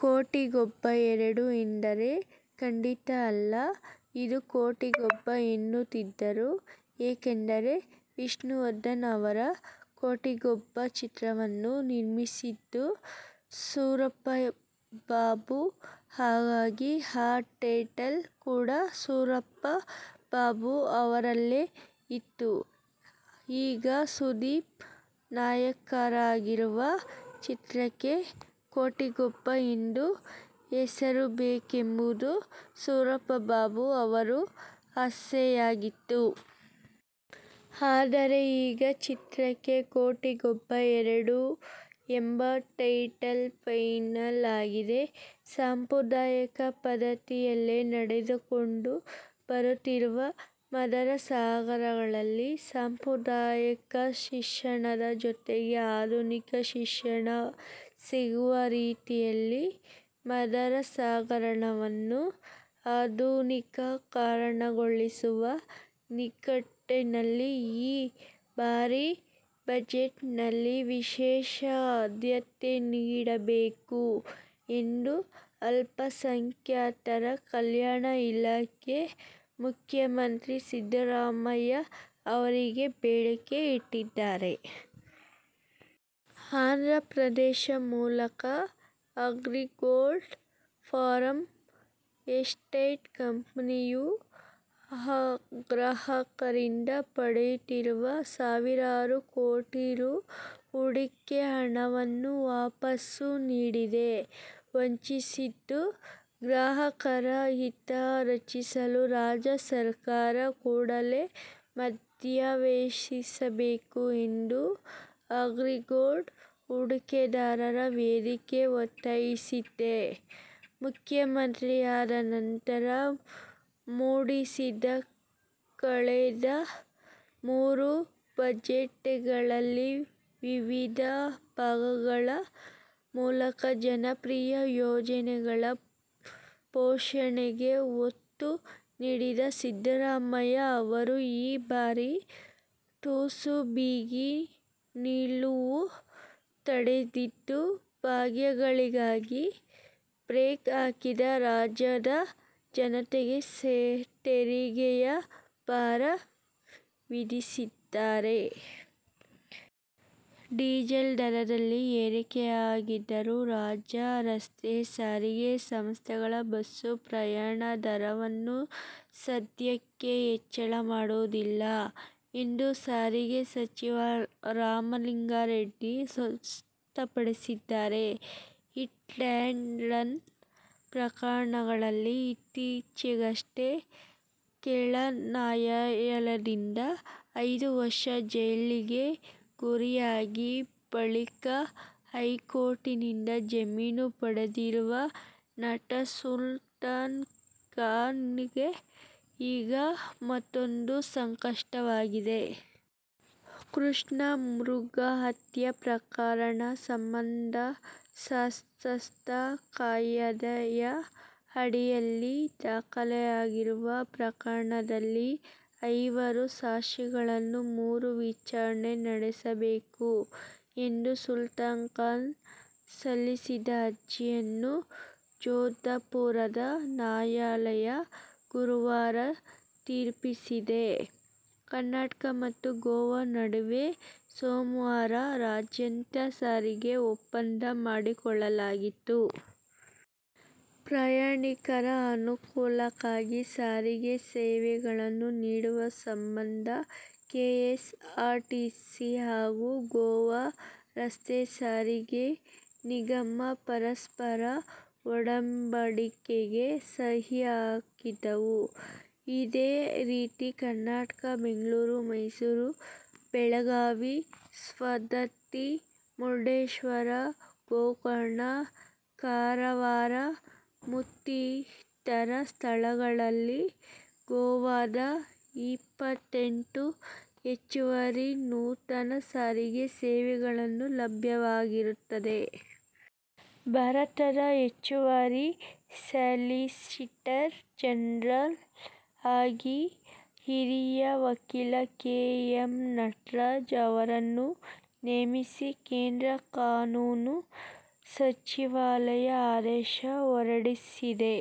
ಕೋಟಿಗೊಬ್ಬ-ಎರಡು' ಎಂದರೆ ಖಂಡಿತಾ ಇಲ್ಲ, ಇದು ಕೋಟಿಗೊಬ್ಬ' ಎನ್ನುತ್ತಿದ್ದರು. ಏಕೆಂದರೆ ವಿಷ್ಣುವರ್ಧನ್ ಅವರ ಕೋಟಿಗೊಬ್ಬ ಚಿತ್ರವನ್ನು ನಿರ್ಮಿಸಿದ್ದು ಸೂರಪ್ಪ ಬಾಬು. ಹಾಗಾಗಿ ಆ ಟೈಟಲ್ ಕೂಡಾ ಸೂರಪ್ಪ ಬಾಬು ಅವರಲ್ಲೇ ಇತ್ತು. ಈಗ ಸುದೀಪ್ ನಾಯಕರಾಗಿರುವ ಚಿತ್ರಕ್ಕೆ "ಕೋಟಿಗೊಬ್ಬ' ಎಂದು ಹೆಸರಿಡಬೇಕೆಂಬುದು ಸೂರಪ್ಪ ಬಾಬು ಅವರ ಆಸೆಯಾಗಿತ್ತು. ಆದರೆ ಈಗ ಆ ಚಿತ್ರಕ್ಕೆ ಕೋಟಿಗೊಬ್ಬ-ಎರಡು' ಎಂಬ ಟೈಟಲ್ ಫೈನಲ್ ಆಗಿದೆ. ಸಾಂಪ್ರದಾಯಿಕ ಪದ್ದತಿಯಲ್ಲೇ ನಡೆದುಕೊಂಡು ಬರುತ್ತಿರುವ ಮದರಸಾಗಳಲ್ಲಿ ಸಾಂಪ್ರದಾಯಿಕ ಶಿಕ್ಷಣದ ಜೊತೆಗೆ ಆಧುನಿಕ ಶಿಕ್ಷಣ ಸಿಗುವ ರೀತಿಯಲ್ಲಿ ಮದರಾಸಗಳನ್ನು ಆಧುನೀಕರಣಗೊಳಿಸುವ ನಿಟ್ಟಿನಲ್ಲಿ ಈ ಬಾರಿಯ ಬಜೆಟ್ನಲ್ಲಿ ವಿಶೇಷ ಆದ್ಯತೆ ನೀಡಬೇಕು ಎಂದು ಅಲ್ಪಸಂಖ್ಯಾತರ ಕಲ್ಯಾಣ ಇಲಾಖೆ ಮುಖ್ಯಮಂತ್ರಿ ಸಿದ್ದರಾಮಯ್ಯ ಅವರಿಗೆ ಬೇಡಿಕೆ ಇಟ್ಟಿದೆ. ಆಂಧ್ರಪ್ರದೇಶ ಮೂಲದ ಅಗ್ರಿಗೋಲ್ಡ್ ಫಾರ್ಮಾ ಎಸ್ಟೇಟ್ ಕಂಪನಿಯು ಗ್ರಾಹಕರಿಂದ ಪಡೆದಿರುವ ಸಾವಿರಾರು ಕೋಟಿ ರೂ. ಹೂಡಿಕೆ ಹಣವನ್ನು ವಾಪಸ್ ನೀಡದೆ ವಂಚಿಸುತ್ತಿದ್ದು, ಗ್ರಾಹಕರ ಹಿತ ರಕ್ಷಿಸಲು ರಾಜ್ಯ ಸರ್ಕಾರ ಕೂಡಲೇ ಮಧ್ಯಪ್ರವೇಶಿಸಬೇಕು ಎಂದು ಅಗ್ರಿಗೋಲ್ಡ್ ಹೂಡಿಕೆದಾರರ ವೇದಿಕೆ ಒತ್ತಾಯಿಸಿದೆ. ಮುಖ್ಯಮಂತ್ರಿಯಾದ ನಂತರ ಮಂಡಿಸಿದ ಕಳೆದ ಮೂರು ಬಜೆಟ್ಗಳಲ್ಲಿ ವಿವಿಧ 'ಭಾಗ್ಯ'ಗಳ ಮೂಲಕ ಜನಪ್ರಿಯ ಯೋಜನೆಗಳ ಘೋಷಣೆಗೆ ಒತ್ತು ನೀಡಿದ್ದ ಸಿದ್ದರಾಮಯ್ಯ ಅವರು ಈ ಬಾರಿ ತುಸು ಬಿಗಿ ನಿಲುವು ತಳೆದಿದ್ದು, ಭಾಗ್ಯಗಳಿಗೆ ಬ್ರೇಕ್ ಹಾಕಿ ರಾಜ್ಯದ ಜನತೆಗೆ ತೆರಿಗೆಯ ಭಾರ ವಿಧಿಸಿದ್ದಾರೆ. ಡೀಸೆಲ್ ದರದಲ್ಲಿ ಏರಿಕೆಯಾಗಿದ್ದರೂ ರಾಜ್ಯ ರಸ್ತೆ ಸಾರಿಗೆ ಸಂಸ್ಥೆಗಳ ಬಸ್ ಪ್ರಯಾಣ ದರವನ್ನು ಸದ್ಯಕ್ಕೆ ಹೆಚ್ಚಳ ಮಾಡುವುದಿಲ್ಲ ಎಂದು ಸಾರಿಗೆ ಸಚಿವ ರಾಮಲಿಂಗಾ ರೆಡ್ಡಿ ಸ್ಪಷ್ಟಪಡಿಸಿದ್ದಾರೆ. ಹಿಟ್ ಆ್ಯಂಡ್ ರನ್ ಪ್ರಕರಣದಲ್ಲಿ ಇತ್ತೀಚೆಗಷ್ಟೇ ಕೆಳನ್ಯಾಯಾಲಯದಿಂದ ಐದು ವರ್ಷ ಜೈಲು ಶಿಕ್ಷೆಗೆ ಗುರಿಯಾಗಿ ಬಳಿಕ ಹೈಕೋರ್ಟ್ನಿಂದ ಜಾಮೀನು ಪಡೆದಿರುವ ನಟ ಸಲ್ಮಾನ್ ಖಾನ್ಗೆ ಈಗ ಮತ್ತೂಂದು ಸಂಕಷ್ಟ ಎದುರಾಗಿದೆ. ಕೃಷ್ಣ ಮೃಗ ಹತ್ಯೆ ಪ್ರಕಣ ಸಂಬಂಧ ಶಸ್ತ್ರಾಸ್ತ್ರ ಕಾಯ್ದೆಯ ಅಡಿಯಲ್ಲಿ ದಾಖಲಾಗಿರುವ ಪ್ರಕರಣದಲ್ಲಿ ಐವರು ಸಾಕ್ಷಿಗಳನ್ನು ಮರು ವಿಚಾರಣೆ ನಡೆಸಬೇಕು ಎಂದು ಸಲ್ಮಾನ್ ಖಾನ್ ಸಲ್ಲಿಸಿದ್ದ ಅರ್ಜಿಯನ್ನು ಜೋಧಪುರದ ನ್ಯಾಯಾಲಯ ಗುರುವಾರ ತಿರಸ್ಕರಿಸಿದೆ. ಕರ್ನಾಟಕ ಮತ್ತು ಗೋವಾ ನಡುವೆ ಸೋಮವಾರ ಅಂತಾರಾಜ್ಯ ಸಾರಿಗೆ ಒಪ್ಪಂದ ಮಾಡಿಕೊಳ್ಳಲಾಯಿತು. ಪ್ರಯಾಣಿಕರ ಅನುಕೂಲಕ್ಕಾಗಿ ಸಾರಿಗೆ ಸೇವೆಗಳನ್ನು ನೀಡುವ ಸಂಬಂಧ ಕೆಎಸ್ಆರ್ಟಿಸಿ ಹಾಗೂ ಗೋವಾ ರಸ್ತೆ ಸಾರಿಗೆ ನಿಗಮ ಪರಸ್ಪರ ಒಡಂಬಡಿಕೆಗೆ ಸಹಿ ಹಾಕಿದವು. ಅದೇ ರೀತಿ, ಕರ್ನಾಟಕದ ಬೆಂಗಳೂರು, ಮೈಸೂರು, ಬೆಳಗಾವಿ, ಸವದತ್ತಿ, ಮುರುಡೇಶ್ವರ, ಗೋಕರ್ಣ, ಕಾರವಾರ ಮತ್ತಿತರ ಸ್ಥಳಗಳಲ್ಲಿ ಗೋವಾದ ಇಪ್ಪತ್ತೆಂಟು ಹೆಚ್ಚುವರಿ ನೂತನ ಸಾರಿಗೆ ಸೇವೆಗಳು ಲಭ್ಯವಾಗಲಿವೆ. ಭಾರತದ ಹೆಚ್ಚುವರಿ ಸಾಲಿಸಿಟರ್ ಜನರಲ್ ಆಗಿ ಹಿರಿಯ ವಕೀಲ ಕೆ. ಎಂ. ನಟರಾಜ್ ಅವರನ್ನು ನೇಮಿಸಿ ಕೇಂದ್ರ ಕಾನೂನು ಸಚಿವಾಲಯ ಆದೇಶ ಹೊರಡಿಸಿದೆ.